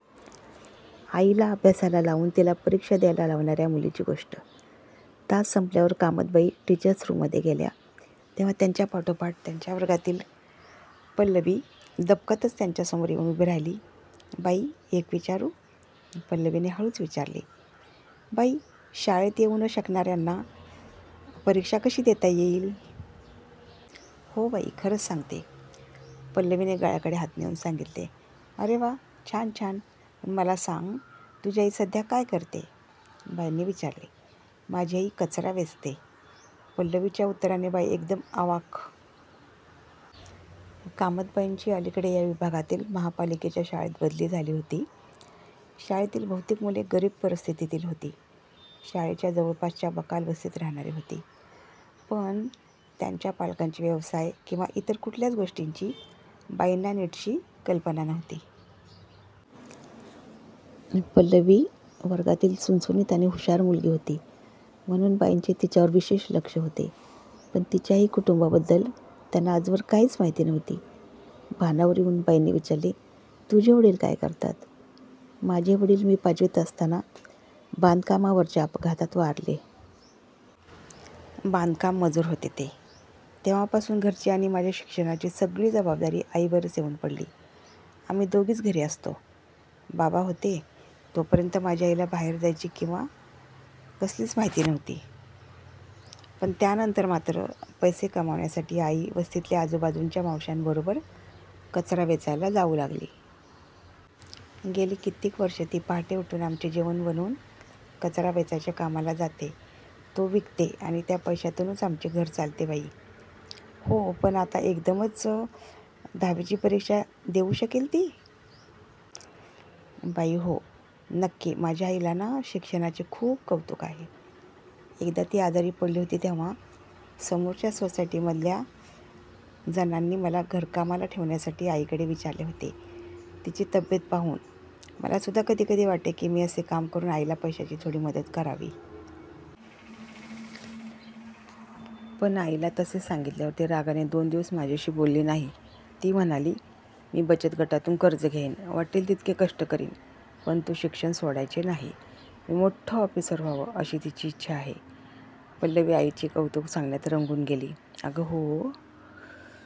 आईला अभ्यासाला लावून तिला परीक्षा द्यायला लावणाऱ्या मुलीची गोष्ट- तास संपल्यावर कामतबाई टीचर्सरूममधे गेल्या तेव्हा त्यांच्या पाठोपाठ त्यांच्या वर्गातील पल्लवी दबकतच त्यांच्यासमोर येऊन उभी राहिली. "बाई एक विचारू? "..... पल्लवीने हळूच विचारले. "बाई शाळेत येऊ न शकणाऱ्याना वीची परीक्षा कशी देता येईल? "हो बाई खरंच सांगते. " पल्लवीने गळ्याकडे हात नेऊन सांगितले. "अरे वा छान छान... पण मला सांग. तुझी आई सध्या काय करतेय? " बाईंनी विचारले. "माझी आई कचरा वेचते. " पल्लवीच्या उत्तराने बाई एकदम अवाक. कामत बाईंची अलीकडे या विभागातील महापालिकेच्या शाळेत बदली झाली होती. शाळेतील बहुतेक मुले गरीब परिस्थितीतील होती. शाळेच्या जवळपासच्या बकाल वस्तीत राहणारी होती. पण त्यांच्या पालकांचे व्यवसाय किंवा इतर कुठल्याच गोष्टींची बाईंना नीटशी कल्पना नव्हती. पल्लवी वीच्या वर्गातील चुणचुणीत आणि हुशार मुलगी होती, म्हणून बाईंचे तिच्यावर विशेष लक्ष होते, पण तिच्याही कुटुंबाबद्दल त्यांना आजवर काहीच माहिती नव्हती. भानावर येऊन बाईंनी विचारले- "तुझे वडील काय करतात? " "माझे वडील मी पाचवीत असताना बांधकामावरच्या अपघातात वारले. बांधकाम-मजूर होते ते. तेव्हापासून घरची आणि माझ्या शिक्षणाची सगळी जबाबदारी आईवरच येऊन पडली. आम्ही दोघीच घरी असतो. बाबा होते तोपर्यंत माझ्या आईला बाहेर जायची किंवा कसलीच माहिती नव्हती, पण त्यानंतर मात्र पैसे कमावण्यासाठी आई वस्तीतल्या आजूबाजूच्या मावशांबरोबर कचरा वेचायला जाऊ लागली. गेली कित्येक वर्षे ती पहाटे उठून आमचे जेवण बनवून कचरा वेचायच्या कामाला जाते. तो विकते आणि त्या पैशातूनच आमचे घर चालते बाई. " "हो... पण मग आता एकदमच वीची परीक्षा देऊ शकेल ती? " बाई "हो... नक्की. माझ्या आईला ना, शिक्षणाचे खूप कौतुक आहे. एकदा ती आजारी पडली होती तेव्हा समोरच्या सोसायटीतल्या जणांनी मला घरकामाला ठेवण्यासाठी आईकडे विचारले होते. तिची तब्येत पाहून मलासुद्धा कधीकधी वाटे की, मी असे काम करून आईला पैशाची थोडी मदत करावी. पण आईला तसे सांगितल्यावर ती रागाने दोन दिवस माझ्याशी बोलली नाही. ती म्हणाली, मी बचतगटातून कर्ज घेईन. वाटेल तितके कष्ट करीन, पण तू शिक्षण सोडायचे नाही. मी मोठ्ठं ऑफिसर व्हावं, अशी तिची इच्छा आहे. " पल्लवी आईचे कौतुक सांगण्यात रंगून गेली. "अगं हो,